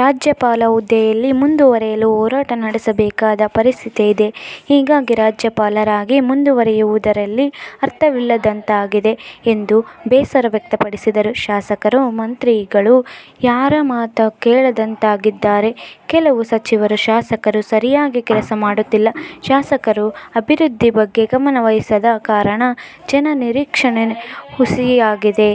ರಾಜ್ಯಪಾಲ ಹುದ್ದೆಯಲ್ಲಿ ಮುಂದುವರಿಯಲು ಹೋರಾಟ ನಡೆಸಬೇಕಾದ ಪರಿಸ್ಥಿತಿ ಇದೆ. ಹೀಗಾಗಿ ರಾಜ್ಯಪಾಲರಾಗಿ ಮುಂದುವರಿಯುವುದರಲ್ಲಿ ಅರ್ಥವಿಲ್ಲದಂತಾಗಿದೆ ಎಂದು ಬೇಸರ ವ್ಯಕ್ತಪಡಿಸಿದರು. ಶಾಸಕರು, ಮಂತ್ರಿಗಳು ಯಾರ ಮಾತ ಕೇಳದಂತಾಗಿದ್ದಾರೆ. ಕೆಲವು ಸಚಿವರು, ಶಾಸಕರು ಸರಿಯಾಗಿ ಕೆಲಸ ಮಾಡುತ್ತಿಲ್ಲ. ಶಾಸಕರು ಅಭಿವೃದ್ಧಿ ಬಗ್ಗೆ ಗಮನವಹಿಸದ ಕಾರಣ ಜನರ ನಿರೀಕ್ಷೆ ಹುಸಿಯಾಗಿದೆ.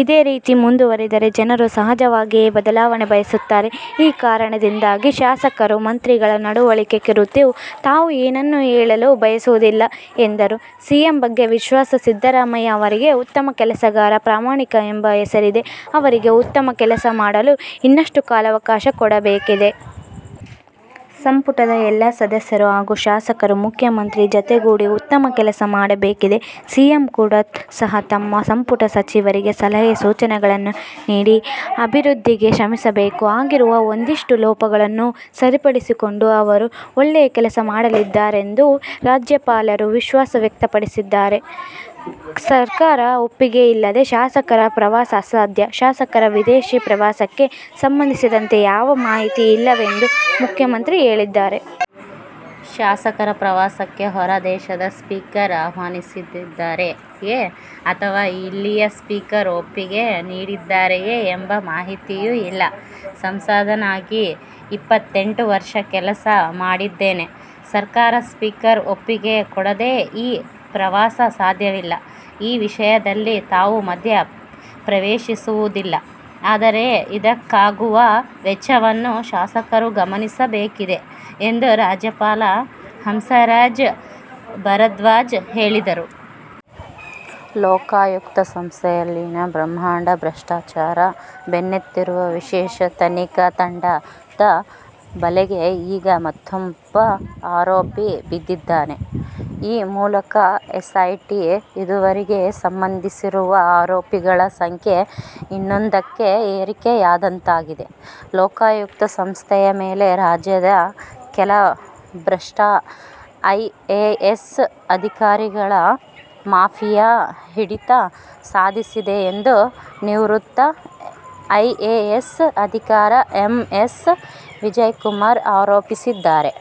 ಇದೇ ರೀತಿ ಮುಂದುವರಿದರೆ ಜನರು ಸಹಜವಾಗಿಯೇ ಬದಲಾವಣೆ ಬಯಸುತ್ತಾರೆ. ಈ ಕಾರಣದಿಂದಾಗಿ ಶಾಸಕರು, ಮಂತ್ರಿಗಳ ನಡವಳಿಕೆ ಕುರಿತು ತಾವು ಏನನ್ನೂ ಹೇಳಲು ಬಯಸುವುದಿಲ್ಲ ಎಂದರು. ಸಿಎಂ ಬಗ್ಗೆ ವಿಶ್ವಾಸ ಸಿದ್ದರಾಮಯ್ಯ ಅವರಿಗೆ ಉತ್ತಮ ಕೆಲಸಗಾರ, ಪ್ರಾಮಾಣಿಕ ಎಂಬ ಹೆಸರಿದೆ. ಅವರಿಗೆ ಉತ್ತಮ ಕೆಲಸ ಮಾಡಲು ಇನ್ನಷ್ಟು ಕಾಲಾವಕಾಶ ಕೊಡಬೇಕಿದೆ. ಸಂಪುಟದ ಎಲ್ಲ ಸದಸ್ಯರು ಹಾಗೂ ಶಾಸಕರು ಮುಖ್ಯಮಂತ್ರಿ ಜತೆಗೂಡಿ ಉತ್ತಮ ಕೆಲಸ ಮಾಡಬೇಕಿದೆ. ಸಿಎಂ ಕೂಡ ಸಹ ತಮ್ಮ ಸಂಪುಟ ಸಚಿವರಿಗೆ ಸಲಹೆ, ಸೂಚನೆಗಳನ್ನು ನೀಡಿ ಅಭಿವೃದ್ಧಿಗೆ ಶ್ರಮಿಸಬೇಕು. ಆಗಿರುವ ಒಂದಿಷ್ಟು ಲೋಪಗಳನ್ನು ಸರಿಪಡಿಸಿಕೊಂಡು ಅವರು ಒಳ್ಳೆಯ ಕೆಲಸ ಮಾಡಲಿದ್ದಾರೆಂದು ರಾಜ್ಯಪಾಲರು ವಿಶ್ವಾಸ ವ್ಯಕ್ತಪಡಿಸಿದ್ದಾರೆ. ''ಸರ್ಕಾರದ ಒಪ್ಪಿಗೆ ಇಲ್ಲದೆ ಶಾಸಕರ ಪ್ರವಾಸ ಅಸಾಧ್ಯ''ಶಾಸಕರ ವಿದೇಶ ಪ್ರವಾಸಕ್ಕೆ ಸಂಬಂಧಿಸಿದಂತೆ ಯಾವುದೇ ಮಾಹಿತಿ ಇಲ್ಲವೆಂದು ಮುಖ್ಯಮಂತ್ರಿ ಹೇಳಿದ್ದಾರೆ. ಶಾಸಕರ ಪ್ರವಾಸಕ್ಕೆ ಹೊರ ದೇಶದ ಸ್ಪೀಕರ್ ಆಹ್ವಾನಿಸಿದ್ದಾರೆಯೇ ಅಥವಾ ಇಲ್ಲಿಯ ಸ್ಪೀಕರ್ ಒಪ್ಪಿಗೆ ನೀಡಿದ್ದಾರೆಯೇ ಎಂಬ ಮಾಹಿತಿಯೂ ಇಲ್ಲ. ಸಂಸದನಾಗಿ ಇಪ್ಪತ್ತೆಂಟು ವರ್ಷ ಕೆಲಸ ಮಾಡಿದ್ದೇನೆ. ಸರಕಾರ, ಸ್ಪೀಕರ್ ಒಪ್ಪಿಗೆ ಕೊಡದೇ ಈ ಪ್ರವಾಸ ಸಾಧ್ಯವಿಲ್ಲ. ಈ ವಿಷಯದಲ್ಲಿ ತಾವು ಮಧ್ಯ ಪ್ರವೇಶಿಸುವುದಿಲ್ಲ. ಆದರೆ ಇದಕ್ಕಾಗುವ ವೆಚ್ಚವನ್ನು ಶಾಸಕರು ಗಮನಿಸಬೇಕಿದೆ ಎಂದು ರಾಜ್ಯಪಾಲ ಹಂಸರಾಜ್ ಭಾರದ್ವಾಜ್ ಹೇಳಿದರು. ಲೋಕಾಯುಕ್ತ ಸಂಸ್ಥೆಯಲ್ಲಿನ ಬ್ರಹ್ಮಾಂಡ ಭ್ರಷ್ಟಾಚಾರ ಬೆನ್ನತ್ತಿರುವ ವಿಶೇಷ ತನಿಖಾ ತಂಡ ದ ಬಲೆಗೆ ಈಗ ಮತೊಬ್ಬ ಆರೋಪಿ ಬಿದ್ದಿದ್ದಾನೆ. ಈ ಮೂಲಕ ಎಸ್ಐಟಿ ಇದುವರೆಗೆ ಸಂಬಂಧಿಸಿರುವ ಆರೋಪಿಗಳ ಸಂಖ್ಯೆ ಹನ್ನೊಂದಕ್ಕೆ ಏರಿಕೆಯಾದಂತಾಗಿದೆ. ಲೋಕಾಯುಕ್ತ ಸಂಸ್ಥೆಯ ಮೇಲೆ ರಾಜ್ಯದ ಕೆಲ ಭ್ರಷ್ಟ ಐಎಎಸ್ ಅಧಿಕಾರಿಗಳ ಮಾಫಿಯಾ ಹಿಡಿತ ಸಾಧಿಸಿದೆ ಎಂದು ನಿವೃತ್ತ ಐಎಎಸ್ ಅಧಿಕಾರಿ ಎಂ. ಎಸ್. ವಿಜಯಕುಮಾರ್ ಆರೋಪಿಸಿದ್ದಾರೆ.